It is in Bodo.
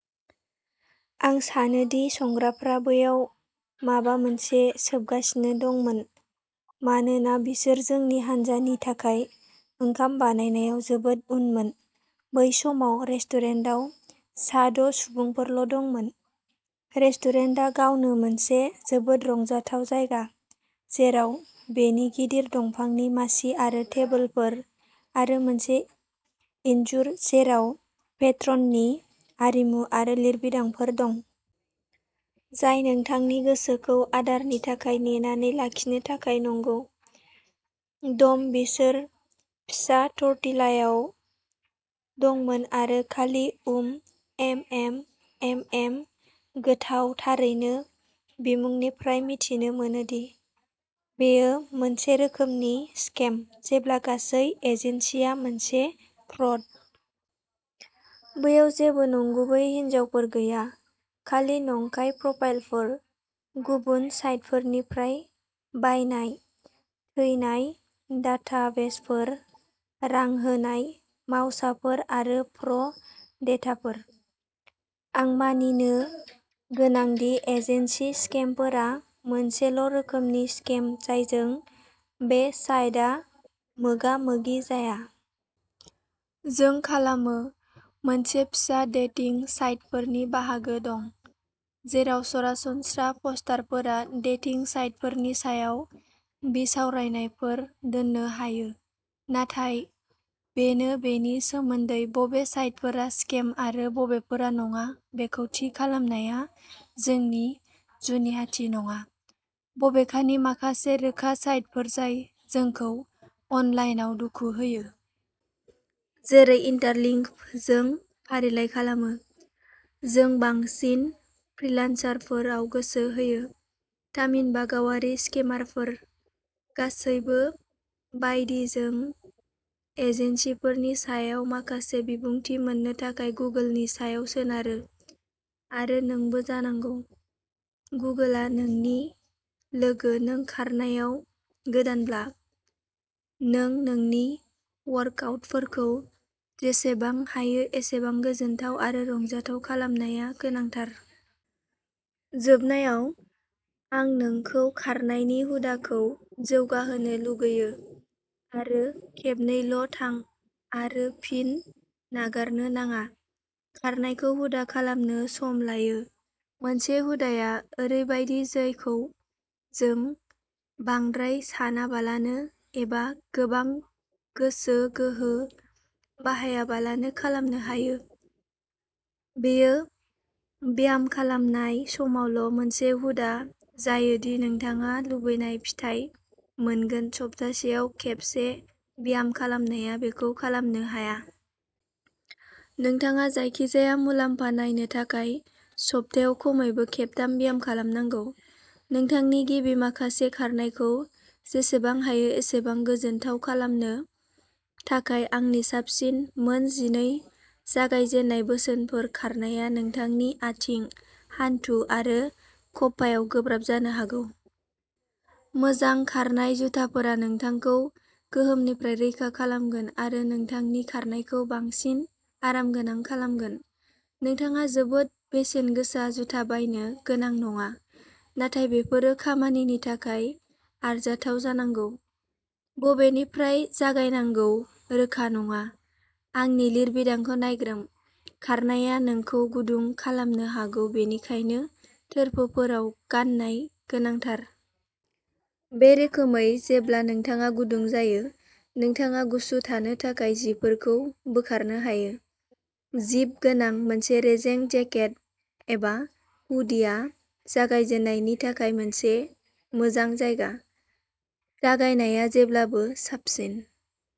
आं सानो दि संग्राफ्रा बैयाव माबा मोनसे सोबगासिनो दंमोन मानोना बिसोर जोंनि हान्जानि थाखाय ओंखाम बानायनायाव जोबोद उनमोन बै समाव रेस्टुरेन्टाव सा द' सुबुंफोरल'दंमोन। रेस्टुरेन्टआ गावनो मोनसे जोबोद रंजाथाव जायगा जेराव बेनि गिदिर दंफांनि मासि आरो टेबोलफोर आरो मोनसे इनजुर जेराव पेट्रननि आरिमु आरो लिरबिदांफोर दं। जाय नोंथांनि गोसोखौ आदारनि थाखाय नेनानै लाखिनो थाखाय नंगौ, डम बिसोर फिसा टर्टिलायाव दंमोन आरो खालि उम एमएम एमएम गोथाव थारैनो बिमुंनिफ्राय मिथिनो मोनोदि, बेयो मोनसे रोखोमनि स्केम जेब्ला गासै एजेन्सिआ मोनसे फ्रड। बैयाव जेबो नंगुबै हिनजावफोर गैया, खालि नंखाय प्रफाइलफोर, गुबुन साइटफोरनिफ्राय बायनाय "थैनाय" डाटाबेसफोर, रां होनाय मावसाफोर आरो प्र' डेटाफोर। आं मानिनो गोनां दि एजेन्सि स्केमफोरा मोनसेल'रोखोमनि स्केम जायजों बे साइटआ मोगा मोगि जाया। जों खालामो, मोनसे फिसा डेटिं साइटफोरनि बाहागो दं, जेराव सरासनस्रा पस्टारफोरा डेटिं साइटफोरनि सायाव बिसावरायनायफोर दोननो हायो, नाथाय बेनो बेनि सोमोन्दै बबे साइटफोरा स्केम आरो बबेफोरा नङा बेखौ थि खालामनाया जोंनि जुनियाथि नङा, बबेखानि माखासे रोखा साइटफोर जाय जोंखौ अनलाइनआव दुखु होयो। जेरै इन्टारलिंग जों फारिलाइ खालामो। जों बांसिन "फ्रीलान्सारफोर" आव गोसो होयो, थामहिनबा गावारि स्केमारफोर गासैबो बायदि जों एजेन्सिफोरनि सायाव माखासे बिबुंथि मोननो थाखाय गुगोलनि सायाव सोनारो, आरो नोंबो जानांगौ। गुगोलआ नोंनि लोगो नों खारनायाव गोदानब्ला, नों नोंनि वर्कआउटफोरखौ जेसेबां हायो एसेबां गोजोनथाव आरो रंजाथाव खालामनाया गोनांथार। जोबनायाव, आं नोंखौ खारनायनि हुदाखौ जौगाहोनो लुगैयो, आरो खेबनैल'थां आरो फिन नागारनो नाङा। खारनायखौ हुदा खालामनो सम लायो। मोनसे हुदाया ओरैबायदि जायखौ नों बांद्राय सानालाबानो एबा गोबां गोसो गोहो बाहायालाबानो खालामनो हायो। बेयो ब्यामखालामनाय समावल' मोनसे हुदा जायो दि नोंथाङा लुबैनाय फिथाइ मोनगोन सप्तायाव खेबसे ब्याम खालामनाया बेखौ खालामनो हाया। नोंथाङा जायखिजाया मुलाम्फा नायनो थाखाय सप्तायाव खमैबो खेबथाम ब्याम खालामनांगौ। नोंथांनि गिबि माखासे खारनायखौ जेसेबां हायो एसेबां गोजोनथाव खालामनो थाखाय आंनि साबसिन मोन जिनै जागायजेननाय बोसोनफोर खारनाया नोंथांनि आथिं, हान्थु आरो खप्पायाव गोब्राब जानो हागौ। मोजां खारनाय जुथाफोरा नोंथांखौ गोहोमनिफ्राय रैखा खालामगोन आरो नोंथांनि खारनायखौ बांसिन आरामगोनां खालामगोन। नोंथाङा जोबोद बेसेन गोसा जुथा बायनो गोनां नङा, नाथाय बेफोरो खामानिनि थाखाय आरजाथाव जानांगौ। बबेनिफ्राय जागायनांगौ रोखा नङा। आंनि लिरबिदांखौ नायग्रोम, खारनाया नोंखौ गुदुं खालामनो हागौ बेनिखायनो थोरफोफोराव गाननाय गोनांथार। बे रोखोमै जेब्ला नोंथाङा गुदुं जायो, नोंथाङा गुसु थानो थाखाय जिफोरखौ बोखारनो हायो। जिप गोनां मोनसे रेजें जेकेट एबा हुडिया जागायजेन्नायनि थाखाय मोनसे मोजां जायगा। जागायनाया जेब्लाबो साबसिन।